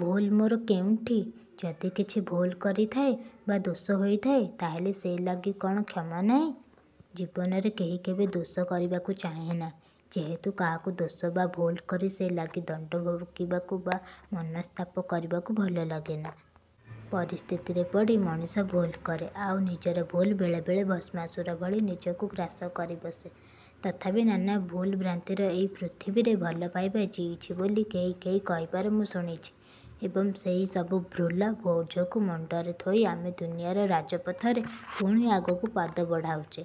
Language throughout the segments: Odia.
ଭୁଲ୍ ମୋର କେଉଁଠି? ଯଦି କିଛି ଭୁଲ୍ କରିଥାଏ; ବା ଦୋଷ ହୋଇଥାଏ; ତା'ହେଲେ ସେ ଲାଗି କ'ଣ କ୍ଷମା ନାହିଁ? ଜୀବନରେ କେହି କେବେ ଦୋଷ କରିବାକୁ ଚାହେଁନା; ଯେହେତୁ କାହାକୁ ଦୋଷ ବା ଭୁଲ୍ କରି ସେ ଲାଗି ଦଣ୍ଡ ଭୋଗିବାକୁ ବା ମନସ୍ତାପ କରିବାକୁ ଭଲ ଲାଗେନା। ପରିସ୍ଥିତିରେ ପଡ଼ି ମଣିଷ ଭୁଲ୍ କରେ। ଆଉ ନିଜର ଭୁଲ୍ ବେଳେ ବେଳେ ଭସ୍ମାସୁର ଭଳି ନିଜକୁ ଗ୍ରାସ କରି ବସେ। ତଥାପି ନାନା ଭୁଲ୍ ଭ୍ରାନ୍ତିର ଏଇ ପୃଥିବୀରେ ଭଲପାଇବା ଜୀଇଛି ବୋଲି କେହି କେହି କହିବାର ମୁଁ ଶୁଣିଛି ଏବଂ ସେଇ ସବୁ ଭୁଲ୍ର ବୋଝକୁ ମୁଣ୍ଡରେ ଥୋଇ ଆମେ ଦୁନିଆର ରାଜପଥରେ ପୁଣି ଆଗକୁ ପାଦ ବଢ଼ାଉଛେ।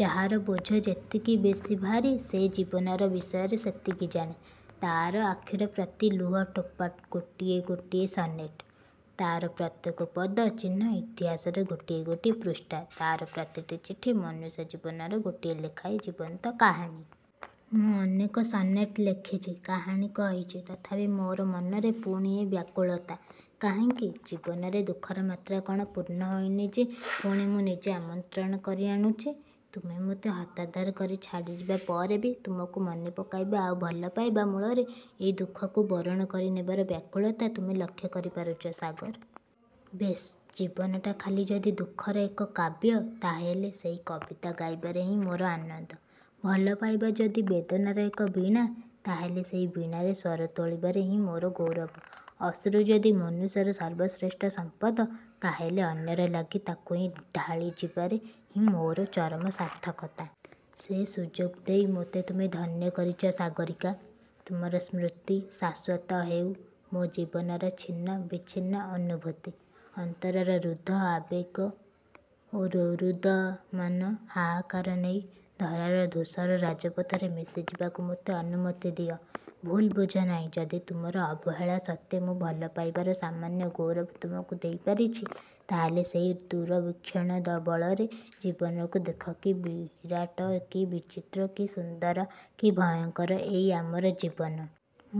ଯାହାର ବୋଝ ଯେତିକି ବେଶୀ ଭାରି ସେ ଜୀବନ ବିଷୟରେ ସେତିକି ଜାଣେ। ତା'ର ଆଖିର ପ୍ରତି ଲୁହ ଟୋପା ଗୋଟିଏ ଗୋଟିଏ ସନେଟ୍; ତା'ର ପ୍ରତ୍ୟେକ ପଦ-ଚିହ୍ନ ଇତିହାସର ଗୋଟିଏ ଗୋଟିଏ ପୃଷ୍ଠା-ତା'ର ପ୍ରତିଟି ଚିଠି ମନୁଷ୍ୟ ଜୀବନର ଗୋଟିଏ ଲେଖାଏଁ ଜୀବନ୍ତ କାହାଣୀ। ମୁଁ ଅନେକ ସନେଟ୍ ଲେଖିଛି; କାହାଣୀ କହିଛି। ତଥାପି ମୋର ମନରେ ପୁଣି ଏ ବ୍ୟାକୁଳତା କାହିଁକି? ଜୀବନରେ ଦୁଃଖର ମାତ୍ରା କ'ଣ ପୂର୍ଣ୍ଣ ହୋଇନି ଯେ ପୁଣି ମୁଁ ନିଜେ ଆମନ୍ତ୍ରଣ କରି ଆଣୁଛି-ତୁମେ ମୋତେ ହତାଦର କରି ଛାଡ଼ିଯିବା ପରେ ବି ତୁମକୁ ମନେ ପକାଇବା ଆଉ ଭଲପାଇବା ମୂଳରେ ଏହି ଦୁଃଖକୁ ବରଣ କରି ନେବାର ବ୍ୟାକୁଳତା ତୁମେ ଲକ୍ଷ୍ୟ କରି ପାରୁଛ; ସାଗର! ବେଶ୍-ଜୀବନଟା ଖାଲି ଯଦି ଦୁଃଖର ଏକକାବ୍ୟ-ତା'ହେଲେ ସେହି କବିତା ଗାଇବାରେ ହିଁ ମୋର ଆନନ୍ଦ। ଭଲପାଇବା ଯଦି ବେଦନାର ଏକ ବୀଣା; ତା'ହେଲେ ସେହି ବୀଣାରେ ସ୍ୱର ତୋଳିବାରେ ହିଁ ମୋର ଗୌରବ। ଅଶ୍ରୁ ଯଦି ମନୁଷ୍ୟର ସର୍ବଶ୍ରେଷ୍ଠ ସମ୍ପଦ ତା'ହେଲେ ଅନ୍ୟର ଲାଗି ତାକୁଇ ଢାଳି ଯିବାରେ ହିଁ ମୋର ଚରମ ସାର୍ଥକତା। ସେ ସୁଯୋଗ ଦେଇ ମୋତେ ତୁମେ ଧନ୍ୟ କରିଛ ସାଗରୀକା। ତୁମର ସ୍ମୃତି ଶାଶ୍ୱତ ହେଉ-ମୋ ଜୀବନର ଛିନ୍ନ-ବିଚ୍ଛିନ୍ନ ଅନୁଭୂତି; ଅନ୍ତରର ରୁଦ୍ଧ ଆବେଗ ଓ ରୋରୁଦ୍ୟମାନ ହାହାକାର ନେଇ; ଧରାର-ଧୂଷର ରାଜପଥରେ ମିଶି ଯିବାକୁ ମୋତେ ଅନୁମତି ଦିଅ। ଭୁଲ୍ ବୁଝନାହିଁ-ଯଦି ତୁମର ଅବହେଳା ସତ୍ତ୍ୱେ ମୁଁ ଭଲପାଇବାର ସାମାନ୍ୟ ଗୌରବ ତୁମକୁ ଦେଇ ପାରିଛି; ତା'ହେଲେ ସେଇ ଦୁରବୀକ୍ଷଣ ବଳରେ ଜୀବନକୁ ଦେଖ-କି ବିରାଟ, କି ବିଚିତ୍ର, କି ସୁନ୍ଦର, କି ଭୟଙ୍କର ଏଇ ଆମର ଜୀବନ।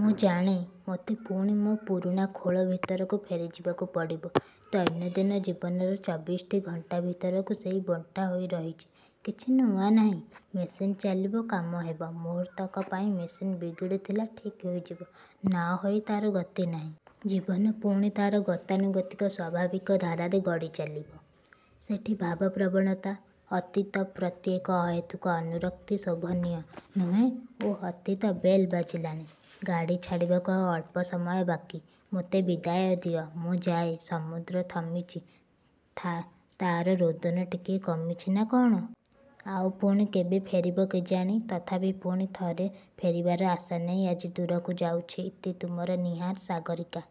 ମୁଁ ଜାଣେ; ମୋତେ ପୁଣି ମୋ ପୁରୁଣା ଖୋଳ ଭିତରକୁ ଫେରି ଯିବାକୁ ପଡ଼ିବ। ଦୈନନ୍ଦିନ-ଜୀବନର ଚବିଶିଟି ଘଣ୍ଟା ଭିତରକୁ ସେଠି ବଣ୍ଟା ହୋଇ ରହିଛି; କିଛି ନୂଆ ନାହିଁ। ମେସିନ୍ ଚାଲିବ-କାମ ହେବ। ମୁହୂର୍ତ୍ତକ ପାଇଁ ମେସିନ୍ ବିଗିଡ଼ି ଥିଲା-ଠିକ୍ ହୋଇଯିବ। ନ ହୋଇ ତା'ର ଗତି ନାହିଁ। ଜୀବନ ପୁଣି ତା'ର ଗତାନୁଗତିକ ସ୍ୱାଭାବିକ ଧାରାରେ ଗଡ଼ି ଚାଲିବ। ସେଠି ଭାବ ପ୍ରବଣତା, ଅତୀତ ପ୍ରତି ଏକ ଅହେତୁକ ଅନୁରକ୍ତି ଶୋଭନୀୟ ନୁହେଁ-ଓଃ-ଅତୀତ। ବେଲ୍ ବାଜିଲାଣି। ଗାଡ଼ି ଛାଡ଼ିବାକୁ ଆଉ ଅଳ୍ପ ସମୟ ବାକି। ମୋତେ ବିଦାୟ ଦିଅ। ମୁଁ ଯାଏ; ସମୁଦ୍ର ଥମିଛି; ତା'ର ରୋଦନ ଟିକିଏ କମିଛି ନା କ'ଣ? ଆଉ ପୁଣି କେବେ ଫେରିବ କେଜାଣି-ତଥାପି ପୁଣି ଥରେ ଫେରିବାର ଆଶା ନେଇ ଆଜି ଦୂରକୁ ଯାଉଛି-ଇତି- ତୁମର 'ନୀହାର' ସାଗରୀକା